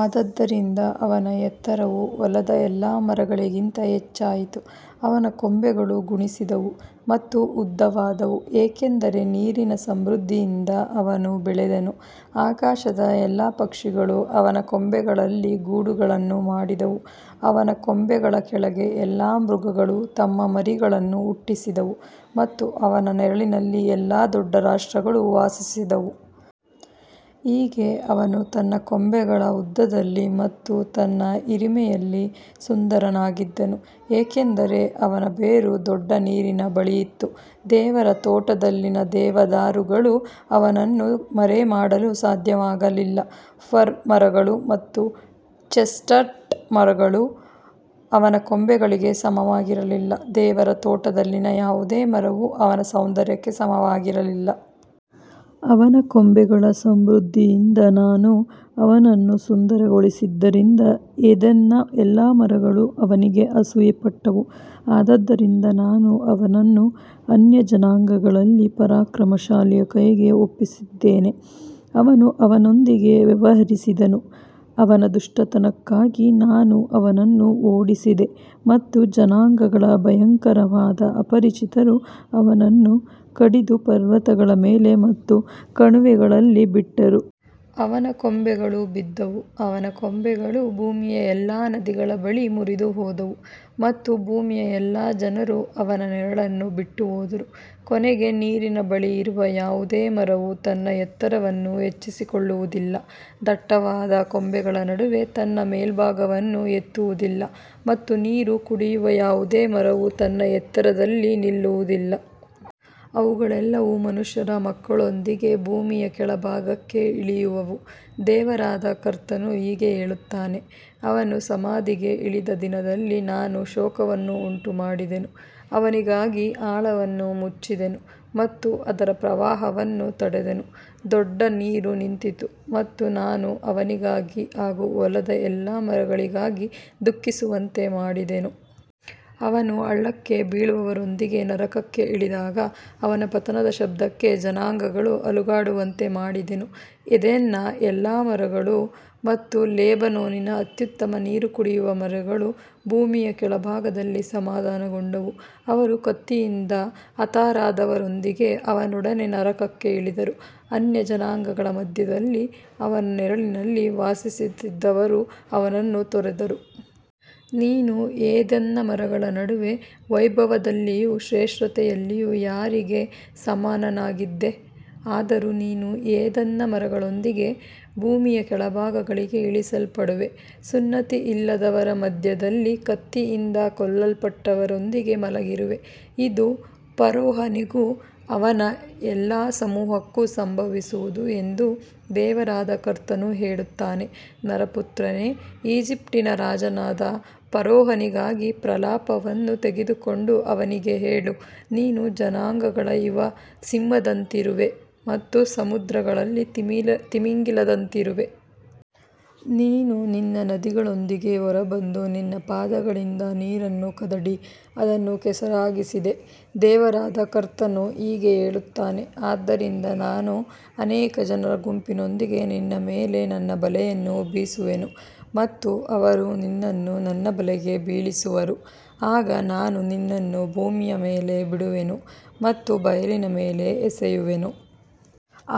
ಆದದರಿಂದ ಅವನ ಎತ್ತರವು ಹೊಲದ ಎಲ್ಲಾ ಮರಗಳಿಗಿಂತ ಹೆಚ್ಚಾಯಿತು, ಅವನ ಕೊಂಬೆಗಳು ಗುಣಿಸಿದವು ಮತ್ತು ಉದ್ದವಾದವು, ಏಕೆಂದರೆ ನೀರಿನ ಸಮೃದ್ಧಿಯಿಂದ ಅವನು ಬೆಳೆದನು. ಆಕಾಶದ ಎಲ್ಲಾ ಪಕ್ಷಿಗಳು ಅವನ ಕೊಂಬೆಗಳಲ್ಲಿ ಗೂಡುಗಳನ್ನು ಮಾಡಿದವು, ಅವನ ಕೊಂಬೆಗಳ ಕೆಳಗೆ ಎಲ್ಲಾ ಮೃಗಗಳು ತಮ್ಮ ಮರಿಗಳನ್ನು ಹುಟ್ಟಿಸಿದವು ಮತ್ತು ಅವನ ನೆರಳಿನಲ್ಲಿ ಎಲ್ಲಾ ದೊಡ್ಡ ರಾಷ್ಟ್ರಗಳು ವಾಸಿಸಿದವು. ಹೀಗೆ ಅವನು ತನ್ನ ಕೊಂಬೆಗಳ ಉದ್ದದಲ್ಲಿ ಮತ್ತು ತನ್ನ ಹಿರಿಮೆಯಲ್ಲಿ ಸುಂದರನಾಗಿದ್ದನು, ಏಕೆಂದರೆ ಅವನ ಬೇರು ದೊಡ್ಡ ನೀರಿನ ಬಳಿಯಿತ್ತು. ದೇವರ ತೋಟದಲ್ಲಿನ ದೇವದಾರುಗಳು ಅವನನ್ನು ಮರೆಮಾಡಲು ಸಾಧ್ಯವಾಗಲಿಲ್ಲ, ಫರ್ ಮರಗಳು ಮತ್ತು ಚೆಸ್ಟ್ನಟ್ ಮರಗಳು ಅವನ ಕೊಂಬೆಗಳಿಗೆ ಸಮವಾಗಿರಲಿಲ್ಲ, ದೇವರ ತೋಟದಲ್ಲಿನ ಯಾವುದೇ ಮರವೂ ಅವನ ಸೌಂದರ್ಯಕ್ಕೆ ಸಮವಾಗಿರಲಿಲ್ಲ. ಅವನ ಕೊಂಬೆಗಳ ಸಮೃದ್ಧಿಯಿಂದ ನಾನು ಅವನನ್ನು ಸುಂದರಗೊಳಿಸಿದ್ದರಿಂದ ಏದೆನ್ನ ಎಲ್ಲಾ ಮರಗಳು ಅವನಿಗೆ ಅಸೂಯೆಪಟ್ಟವು. ಆದದರಿಂದ ನಾನು ಅವನನ್ನು ಅನ್ಯಜನಾಂಗಗಳಲ್ಲಿ ಪರಾಕ್ರಮಶಾಲಿಯ ಕೈಗೆ ಒಪ್ಪಿಸಿದ್ದೇನೆ. ಅವನು ಅವನೊಂದಿಗೆ ವ್ಯವಹರಿಸಿದನು. ಅವನ ದುಷ್ಟತನಕ್ಕಾಗಿ ನಾನು ಅವನನ್ನು ಓಡಿಸಿದೆ ಮತ್ತು ಜನಾಂಗಗಳ ಭಯಂಕರವಾದ ಅಪರಿಚಿತರು ಅವನನ್ನು ಕಡಿದು ಪರ್ವತಗಳ ಮೇಲೆ ಮತ್ತು ಕಣಿವೆಗಳಲ್ಲಿ ಬಿಟ್ಟರು. ಅವನ ಕೊಂಬೆಗಳು ಬಿದ್ದವು, ಅವನ ಕೊಂಬೆಗಳು ಭೂಮಿಯ ಎಲ್ಲಾ ನದಿಗಳ ಬಳಿ ಮುರಿದುಹೋದವು ಮತ್ತು ಭೂಮಿಯ ಎಲ್ಲಾ ಜನರು ಅವನ ನೆರಳನ್ನು ಬಿಟ್ಟುಹೋದರು. ಕೊನೆಗೆ, ನೀರಿನ ಬಳಿಯಿರುವ ಯಾವುದೇ ಮರವು ತನ್ನ ಎತ್ತರವನ್ನು ಹೆಚ್ಚಿಸಿಕೊಳ್ಳುವುದಿಲ್ಲ, ದಟ್ಟವಾದ ಕೊಂಬೆಗಳ ನಡುವೆ ತನ್ನ ಮೇಲ್ಭಾಗವನ್ನು ಎತ್ತುವುದಿಲ್ಲ ಮತ್ತು ನೀರು ಕುಡಿಯುವ ಯಾವುದೇ ಮರವು ತನ್ನ ಎತ್ತರದಲ್ಲಿ ನಿಲ್ಲುವುದಿಲ್ಲ. ಅವುಗಳೆಲ್ಲವೂ ಮನುಷ್ಯರ ಮಕ್ಕಳೊಂದಿಗೆ ಭೂಮಿಯ ಕೆಳಭಾಗಕ್ಕೆ ಇಳಿಯುವವು. ದೇವರಾದ ಕರ್ತನು ಹೀಗೆ ಹೇಳುತ್ತಾನೆ, ಅವನು ಸಮಾಧಿಗೆ ಇಳಿದ ದಿನದಲ್ಲಿ ನಾನು ಶೋಕವನ್ನು ಉಂಟುಮಾಡಿದೆನು, ಅವನಿಗಾಗಿ ಆಳವನ್ನು ಮುಚ್ಚಿದೆನು ಮತ್ತು ಅದರ ಪ್ರವಾಹವನ್ನು ತಡೆದೆನು. ದೊಡ್ಡ ನೀರು ನಿಂತಿತು ಮತ್ತು ನಾನು ಅವನಿಗಾಗಿ ಹಾಗೂ ಹೊಲದ ಎಲ್ಲಾ ಮರಗಳಿಗಾಗಿ ದುಃಖಿಸುವಂತೆ ಮಾಡಿದೆನು. ಅವನು ಹಳ್ಳಕ್ಕೆ ಬೀಳುವವರೊಂದಿಗೆ ನರಕಕ್ಕೆ ಇಳಿದಾಗ ಅವನ ಪತನದ ಶಬ್ದಕ್ಕೆ ಜನಾಂಗಗಳು ಅಲುಗಾಡುವಂತೆ ಮಾಡಿದೆನು. ಏದೆನ್ನ ಎಲ್ಲಾ ಮರಗಳು ಮತ್ತು ಲೆಬನೋನಿನ ಅತ್ಯುತ್ತಮ ನೀರು ಕುಡಿಯುವ ಮರಗಳು ಭೂಮಿಯ ಕೆಳಭಾಗದಲ್ಲಿ ಸಮಾಧಾನಗೊಂಡವು. ಅವರು ಕತ್ತಿಯಿಂದ ಹತರಾದವರೊಂದಿಗೆ ಅವನೊಡನೆ ನರಕಕ್ಕೆ ಇಳಿದರು. ಅನ್ಯಜನಾಂಗಗಳ ಮಧ್ಯದಲ್ಲಿ ಅವನ ನೆರಳಿನಲ್ಲಿ ವಾಸಿಸಿದ್ದವರು ಅವನನ್ನು ತೊರೆದರು. ನೀನು ಏದೆನ್ನ ಮರಗಳ ನಡುವೆ ವೈಭವದಲ್ಲಿಯೂ ಶ್ರೇಷ್ಠತೆಯಲ್ಲಿಯೂ ಯಾರಿಗೆ ಸಮಾನನಾಗಿದ್ದೆ? ಆದರೂ ನೀನು ಏದೆನ್ನ ಮರಗಳೊಂದಿಗೆ ಭೂಮಿಯ ಕೆಳಭಾಗಗಳಿಗೆ ಇಳಿಸಲ್ಪಡುವೆ, ಸುನ್ನತಿಯಿಲ್ಲದವರ ಮಧ್ಯದಲ್ಲಿ ಕತ್ತಿಯಿಂದ ಕೊಲ್ಲಲ್ಪಟ್ಟವರೊಂದಿಗೆ ಮಲಗಿರುವೆ. ಇದು ಫರೋಹನಿಗೂ ಅವನ ಎಲ್ಲಾ ಸಮೂಹಕ್ಕೂ ಸಂಭವಿಸುವುದು ಎಂದು ದೇವರಾದ ಕರ್ತನು ಹೇಳುತ್ತಾನೆ. ನರಪುತ್ರನೇ, ಈಜಿಪ್ಟಿನ ರಾಜನಾದ ಫರೋಹನಿಗಾಗಿ ಪ್ರಲಾಪವನ್ನು ತೆಗೆದುಕೊಂಡು ಅವನಿಗೆ ಹೇಳು, ನೀನು ಜನಾಂಗಗಳ ಯುವ ಸಿಂಹದಂತಿರುವೆ ಮತ್ತು ಸಮುದ್ರಗಳಲ್ಲಿ ತಿಮಿಂಗಿಲದಂತಿರುವೆ. ನೀನು ನಿನ್ನ ನದಿಗಳೊಂದಿಗೆ ಹೊರಬಂದು ನಿನ್ನ ಪಾದಗಳಿಂದ ನೀರನ್ನು ಕದಡಿ ಅದನ್ನು ಕೆಸರಾಗಿಸಿದೆ. ದೇವರಾದ ಕರ್ತನು ಹೀಗೆ ಹೇಳುತ್ತಾನೆ, ಆದ್ದರಿಂದ ನಾನು ಅನೇಕ ಜನರ ಗುಂಪಿನೊಂದಿಗೆ ನಿನ್ನ ಮೇಲೆ ನನ್ನ ಬಲೆಯನ್ನು ಬೀಸುವೆನು ಮತ್ತು ಅವರು ನಿನ್ನನ್ನು ನನ್ನ ಬಲೆಗೆ ಬೀಳಿಸುವರು. ಆಗ ನಾನು ನಿನ್ನನ್ನು ಭೂಮಿಯ ಮೇಲೆ ಬಿಡುವೆನು ಮತ್ತು ಬಯಲಿನ ಮೇಲೆ ಎಸೆಯುವೆನು.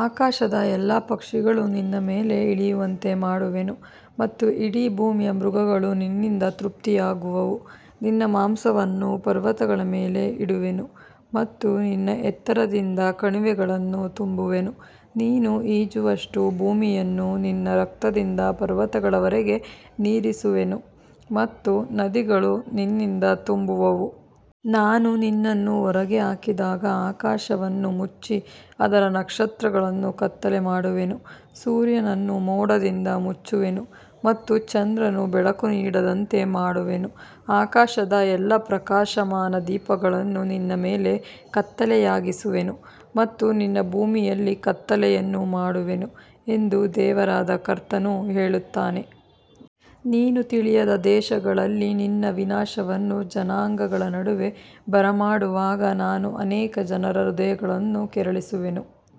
ಆಕಾಶದ ಎಲ್ಲಾ ಪಕ್ಷಿಗಳು ನಿನ್ನ ಮೇಲೆ ಇಳಿಯುವಂತೆ ಮಾಡುವೆನು ಮತ್ತು ಇಡೀ ಭೂಮಿಯ ಮೃಗಗಳು ನಿನ್ನಿಂದ ತೃಪ್ತಿಯಾಗುವವು. ನಿನ್ನ ಮಾಂಸವನ್ನು ಪರ್ವತಗಳ ಮೇಲೆ ಇಡುವೆನು ಮತ್ತು ನಿನ್ನ ಎತ್ತರದಿಂದ ಕಣಿವೆಗಳನ್ನು ತುಂಬುವೆನು. ನೀನು ಈಜುವಷ್ಟು ಭೂಮಿಯನ್ನು ನಿನ್ನ ರಕ್ತದಿಂದ ಪರ್ವತಗಳವರೆಗೆ ನೀರಿಸುವೆನು ಮತ್ತು ನದಿಗಳು ನಿನ್ನಿಂದ ತುಂಬುವವು. ನಾನು ನಿನ್ನನ್ನು ಹೊರಗೆ ಹಾಕಿದಾಗ ಆಕಾಶವನ್ನು ಮುಚ್ಚಿ ಅದರ ನಕ್ಷತ್ರಗಳನ್ನು ಕತ್ತಲೆ ಮಾಡುವೆನು, ಸೂರ್ಯನನ್ನು ಮೋಡದಿಂದ ಮುಚ್ಚುವೆನು ಮತ್ತು ಚಂದ್ರನು ಬೆಳಕು ನೀಡದಂತೆ ಮಾಡುವೆನು. ಆಕಾಶದ ಎಲ್ಲಾ ಪ್ರಕಾಶಮಾನ ದೀಪಗಳನ್ನು ನಿನ್ನ ಮೇಲೆ ಕತ್ತಲೆಯಾಗಿಸುವೆನು ಮತ್ತು ನಿನ್ನ ಭೂಮಿಯಲ್ಲಿ ಕತ್ತಲೆಯನ್ನು ಮಾಡುವೆನು ಎಂದು ದೇವರಾದ ಕರ್ತನು ಹೇಳುತ್ತಾನೆ. ನೀನು ತಿಳಿಯದ ದೇಶಗಳಲ್ಲಿ ನಿನ್ನ ವಿನಾಶವನ್ನು ಜನಾಂಗಗಳ ನಡುವೆ ಬರಮಾಡುವಾಗ ನಾನು ಅನೇಕ ಜನರ ಹೃದಯಗಳನ್ನು ಕೆರಳಿಸುವೆನು.